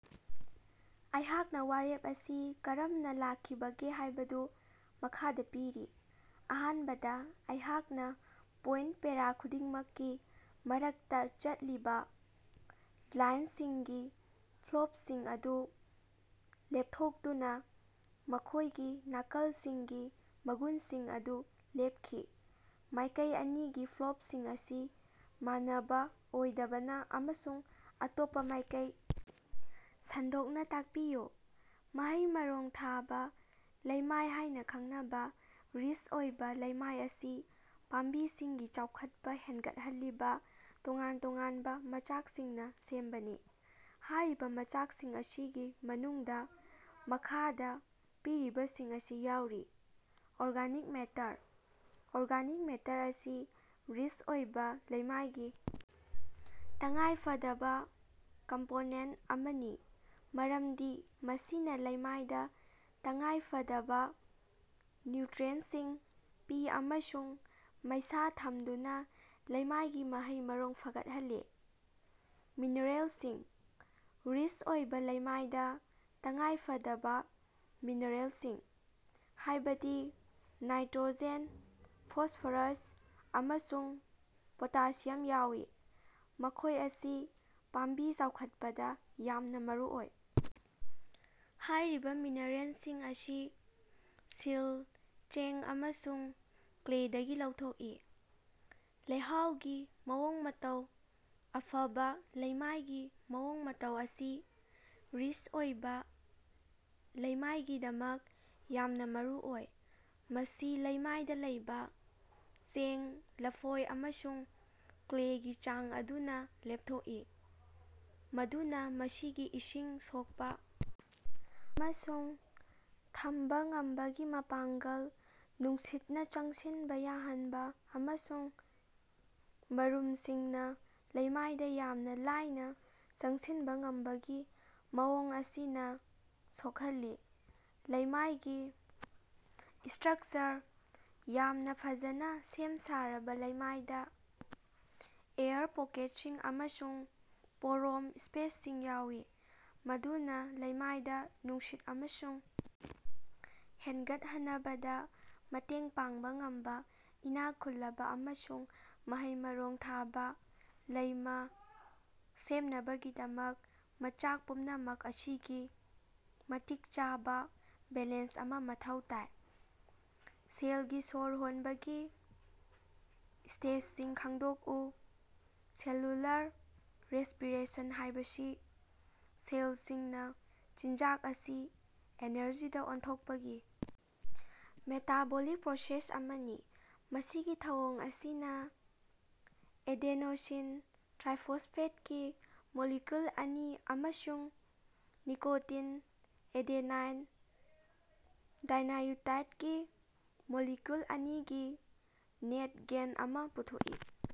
ꯑꯩꯍꯥꯛꯅ ꯋꯥꯔꯦꯞ ꯑꯁꯤ ꯀꯔꯝꯅꯥ ꯂꯥꯛꯈꯤꯕꯒꯦ ꯍꯥꯏꯕꯗꯨ ꯃꯈꯥꯗꯥ ꯄꯤꯔꯤ: ꯑꯍꯥꯟꯕꯗ, ꯑꯩꯍꯥꯛꯅ ꯄꯣꯏꯟꯇ ꯄꯦꯔꯥ ꯈꯨꯗꯤꯡꯃꯛꯀꯤ ꯃꯔꯛꯇ ꯆꯠꯂꯤꯕ ꯂꯥꯏꯟꯁꯤꯡꯒꯤ ꯁ꯭ꯂꯣꯞꯁꯤꯡ ꯑꯗꯨ ꯂꯦꯞꯊꯣꯛꯇꯨꯅ ꯃꯈꯣꯏꯒꯤ ꯅꯥꯀꯜꯁꯤꯡꯒꯤ ꯃꯒꯨꯟꯁꯤꯡ ꯑꯗꯨ ꯂꯦꯞꯈꯤ꯫ ꯃꯥꯏꯀꯩ ꯑꯅꯤꯒꯤ ꯁ꯭ꯂꯣꯞꯁꯤꯡ ꯑꯁꯤ ꯃꯥꯟꯅꯕ ꯑꯣꯏꯗꯕꯅ ꯑꯃꯁꯨꯡ ꯑꯇꯣꯞꯄꯥ ꯃꯥꯏꯀꯩ ꯁꯟꯗꯣꯛꯅ ꯇꯥꯛꯄꯤꯌꯨ꯫ ꯃꯍꯩ-ꯃꯔꯣꯡ ꯊꯥꯕ ꯂꯩꯃꯥꯏ ꯍꯥꯏꯅ ꯈꯪꯅꯕ ꯔꯤꯆ ꯑꯣꯏꯕ ꯂꯩꯃꯥꯏ ꯑꯁꯤ ꯄꯥꯝꯕꯤꯁꯤꯡꯒꯤ ꯆꯥꯎꯈꯠꯄ ꯍꯦꯟꯒꯠꯍꯜꯂꯤꯕ ꯇꯣꯉꯥꯟ-ꯇꯣꯉꯥꯟꯕ ꯃꯆꯥꯛꯁꯤꯡꯅ ꯁꯦꯝꯕꯅꯤ꯫ ꯍꯥꯏꯔꯤꯕ ꯃꯆꯥꯛꯁꯤꯡ ꯑꯁꯤꯒꯤ ꯃꯅꯨꯡꯗ ꯃꯈꯥꯗ ꯄꯤꯔꯤꯕꯁꯤꯡ ꯑꯁꯤ ꯌꯥꯎꯔꯤ: ꯑꯣꯔꯒꯥꯅꯤꯛ ꯃꯦꯇꯔ: ꯑꯣꯔꯒꯥꯅꯤꯛ ꯃꯦꯇꯔ ꯑꯁꯤ ꯔꯤꯆ ꯑꯣꯏꯕ ꯂꯩꯃꯥꯏꯒꯤ ꯇꯉꯥꯏꯐꯗꯕ ꯀꯝꯄꯣꯅꯦꯟ ꯑꯃꯅꯤ, ꯃꯔꯝꯗꯤ ꯃꯁꯤꯅ ꯂꯩꯃꯥꯏꯗ ꯇꯉꯥꯏꯐꯗꯕ ꯅ꯭ꯌꯨꯇꯔꯤꯑꯦꯟꯇꯁꯤꯡ ꯄꯤ ꯑꯃꯁꯨꯡ ꯃꯩꯁꯥ ꯊꯝꯗꯨꯅ ꯂꯩꯃꯥꯏꯒꯤ ꯃꯍꯩ-ꯃꯔꯣꯡ ꯐꯒꯠꯍꯜꯂꯤ꯫ ꯃꯤꯅꯔꯦꯜꯁꯤꯡ: ꯔꯤꯆ ꯑꯣꯏꯕ ꯂꯩꯃꯥꯏꯗ ꯇꯉꯥꯏꯐꯗꯕ ꯃꯤꯅꯔꯦꯜꯁꯤꯡ, ꯍꯥꯏꯕꯗꯤ ꯅꯥꯏꯇꯔꯣꯖꯦꯟ, ꯐꯣꯁꯐꯔꯁ, ꯑꯃꯁꯨꯡ ꯄꯣꯇꯥꯁꯤꯌꯝ ꯌꯥꯎꯏ, ꯃꯈꯣꯏ ꯑꯁꯤ ꯄꯥꯝꯕꯤ ꯆꯥꯎꯈꯠꯄꯗ ꯌꯥꯝꯅ ꯃꯔꯨꯑꯣꯏ꯫ ꯍꯥꯏꯔꯤꯕ ꯃꯤꯅꯔꯦꯜꯁꯤꯡ ꯑꯁꯤ ꯁꯤꯜ, ꯆꯦꯡ ꯑꯃꯁꯨꯡ ꯀ꯭ꯂꯦꯗꯒꯤ ꯂꯧꯊꯣꯛꯏ꯫ ꯂꯩꯍꯥꯎꯒꯤ ꯃꯑꯣꯡ-ꯃꯇꯧ: ꯑꯐꯕ ꯂꯩꯃꯥꯏꯒꯤ ꯃꯑꯣꯡ-ꯃꯇꯧ ꯑꯁꯤ ꯔꯤꯆ ꯑꯣꯏꯕ ꯂꯩꯃꯥꯏꯒꯤꯗꯃꯛ ꯌꯥꯝꯅ ꯃꯔꯨꯑꯣꯏ꯫ ꯃꯁꯤ ꯂꯩꯃꯥꯏꯗ ꯂꯩꯕ ꯆꯦꯡ, ꯂꯐꯣꯏ ꯑꯃꯁꯨꯡ ꯀ꯭ꯂꯦꯒꯤ ꯆꯥꯡ ꯑꯗꯨꯅ ꯂꯦꯞꯊꯣꯛꯏ, ꯃꯗꯨꯅ ꯃꯁꯤꯒꯤ ꯏꯁꯤꯡ ꯁꯣꯛꯄ ꯑꯃꯁꯨꯡ ꯊꯝꯕ ꯉꯝꯕꯒꯤ ꯃꯄꯥꯡꯒꯜ, ꯅꯨꯡꯁꯤꯠꯅ ꯆꯪꯁꯤꯟꯕ ꯌꯥꯍꯟꯕ, ꯑꯃꯁꯨꯡ ꯃꯔꯨꯝꯁꯤꯡꯅ ꯂꯩꯃꯥꯏꯗ ꯌꯥꯝꯅ ꯂꯥꯏꯅ ꯆꯪꯁꯤꯟꯕ ꯉꯝꯕꯒꯤ ꯃꯑꯣꯡ ꯑꯁꯤꯅ ꯁꯣꯛꯍꯜꯂꯤ꯫ ꯂꯩꯃꯥꯏꯒꯤ ꯁ꯭ꯇꯔꯛꯆꯔ: ꯌꯥꯝꯅ ꯐꯖꯅ ꯁꯦꯝ-ꯁꯥꯔꯕ ꯂꯩꯃꯥꯏꯗꯥ ꯑꯦꯌꯔ ꯄꯣꯀꯦꯠꯁꯤꯡ ꯑꯃꯁꯨꯡ ꯄꯣꯔꯣꯝ ꯁ꯭ꯄꯦꯁꯁꯤꯡ ꯌꯥꯎꯏ ꯃꯗꯨꯅ ꯂꯩꯃꯥꯏꯗ ꯅꯨꯡꯁꯤꯠ ꯑꯃꯁꯨꯡ ꯍꯦꯟꯒꯠꯍꯟꯕꯗ ꯃꯇꯦꯡ ꯄꯥꯡꯕ ꯉꯝꯕ ꯏꯅꯥꯛ ꯈꯨꯜꯂꯕ ꯑꯃꯁꯨꯡ ꯃꯍꯩ-ꯃꯔꯣꯡ ꯊꯥꯕ ꯂꯩꯃꯥꯥ ꯁꯦꯝꯅꯕꯒꯤꯗꯃꯛ ꯃꯆꯥꯛ ꯄꯨꯝꯅꯃꯛ ꯑꯁꯤꯒꯤ ꯃꯇꯤꯛ ꯆꯥꯕ ꯕꯦꯂꯦꯟꯁ ꯑꯃꯥ ꯃꯊꯧ ꯇꯥꯏ꯫ ꯁꯦꯜꯒꯤ ꯁ꯭ꯋꯔ ꯍꯣꯟꯕꯒꯤ ꯁ꯭ꯇꯦꯖꯁꯤꯡ ꯈꯪꯗꯣꯛꯎ꯫ ꯁꯦꯜꯌꯨꯂꯔ ꯔꯦꯁ꯭ꯄꯤꯔꯦꯁꯟ ꯍꯥꯏꯕꯁꯤ ꯁꯦꯜꯁꯤꯡꯅ ꯆꯤꯟꯖꯥꯛ ꯑꯁꯤ ꯑꯦꯅꯔꯖꯤꯗꯥ ꯑꯣꯟꯊꯣꯛꯄꯒꯤ ꯃꯦꯇꯥꯕꯣꯂꯤꯛ ꯄ꯭ꯔꯣꯁꯦꯁ ꯑꯃꯅꯤ꯫ ꯃꯁꯤꯒꯤ ꯊꯧꯑꯣꯡ ꯑꯁꯤꯅꯥ ꯑꯦꯗ‌ꯦꯅ‌ꯣꯁꯤꯟ ꯇꯔꯥꯏꯐ‌ꯣꯁꯐ‌ꯦꯠꯒꯤ ꯃꯣꯂꯤꯀꯌꯨꯜ ꯑꯅꯤ ꯑꯃꯁꯨꯡ ꯅꯤꯀ‌ꯣꯇꯤꯟ ꯑꯦꯗ‌ꯦꯅꯥꯏꯟ ꯗꯥꯏꯅꯌꯨꯇꯥꯏꯠꯒꯤ ꯃꯣꯂꯤꯀꯨꯜ ꯑꯅꯤꯒꯤ ꯅꯦꯠ ꯒꯦꯏꯟ ꯑꯃꯥ ꯄꯨꯊꯣꯛꯏ꯫